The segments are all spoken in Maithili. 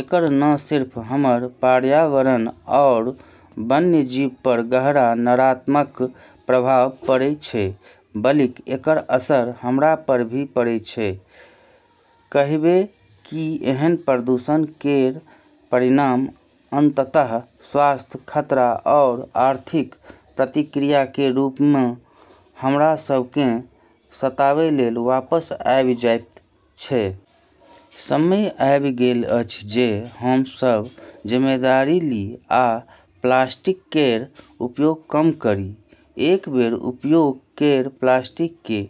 एकर न सिर्फ हमर पर्यावरण आरू वन्यजीव पर गहरा नकारात्मक प्रभाव पड़ै छै, बल्कि एकर असर हमरा पर भी पड़ै छै, कहिबे कि एहन प्रदूषण केर परिणाम अंततः स्वास्थ्य खतरा आरू आर्थिक प्रतिक्रिया के रूप मँ हमरा सब केँ सताबै लेल वापस आबी जाइत छै। समय आबि गेल अछि जे हम सब जिम्मेदारी ली आ प्लास्टिक केर उपयोग कम करी। एक बेर उपयोग केर प्लास्टिक के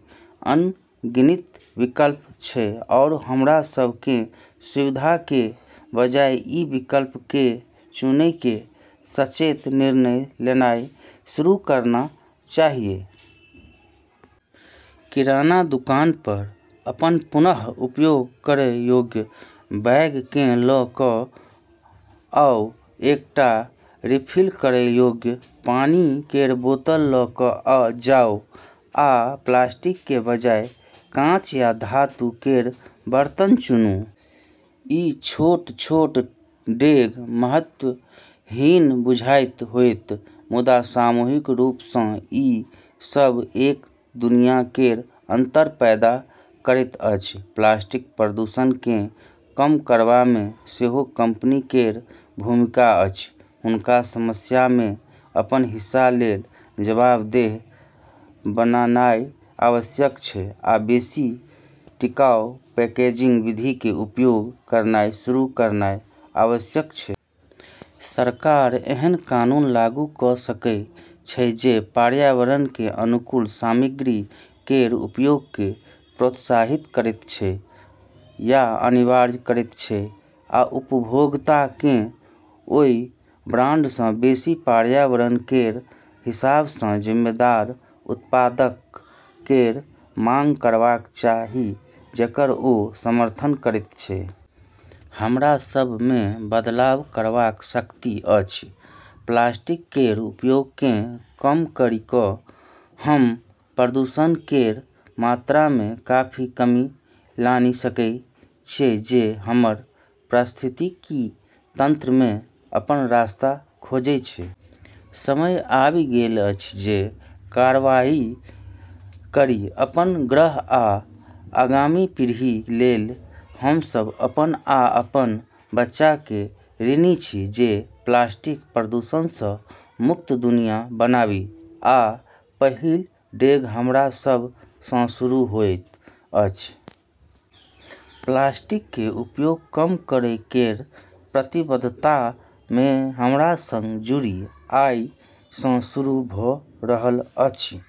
अनगिनत विकल्प छै, आरू हमरा सब केँ सुविधा के बजाय ई विकल्प के चुनै के सचेत निर्णय लेनाय शुरू करना चाहियऽ। किराना दुकान पर अपन पुनः उपयोग करय योग्य बैग केँ लऽ कऽ आऊ, एकटा रिफिल करय योग्य पानी केर बोतल लऽ कऽ जाऊ, आ प्लास्टिक के बजाय कांच या धातु केर बर्तन चुनूँ। ई छोट-छोट डेग महत्वहीन बुझाइत होयत, मुदा सामूहिक रूप सँ, ई सब एक दुनिया केर अंतर पैदा करैत अछि। प्लास्टिक प्रदूषण केँ कम करबा मे सेहो कंपनी केर भूमिका अछि। हुनका समस्या मे अपन हिस्सा लेल जवाबदेह बनानाय आवश्यक छै आ बेसि टिकाऊ पैकेजिंग विधि के उपयोग करनाय शुरू करनाय आवश्यक छै। सरकार एहन कानून लागू कऽ सकै छै जे पर्यावरण के अनुकूल सामग्री केर उपयोग के प्रोत्साहित करैत छै या अनिवार्य करैत छै, आ उपभोक्ता केँ ओय ब्रांड सँ बेसि पर्यावरण केर हिसाब सँ जिम्मेदार उत्पादक केर मांग करबाक चाही, जेकर ओ समर्थन करैत छै। हमरा सब मे बदलाव करबाक शक्ति अछि। प्लास्टिक केर उपयोग केँ कम करी कऽ हम्मं प्रदूषण केर मात्रा मे काफी कमी लानी सकै छियै जे हमर पारिस्थितिकी तंत्र मे अपन रास्ता खोजै छै। समय आबि गेल अछि जे कार्रवाई करी, अपन ग्रह आ आगामी पीढ़ी लेल। हम सब अपन आ अपन बच्चा के ऋणी छी जे प्लास्टिक प्रदूषण सँ मुक्त दुनिया बनाबी, आ पहिल डेग हमरा सब सँ शुरू होइत अछि। प्लास्टिक के उपयोग कम करय केर प्रतिबद्धता मे हमरा संग जुड़ी, आइ सँ शुरू भऽ रहल अछि।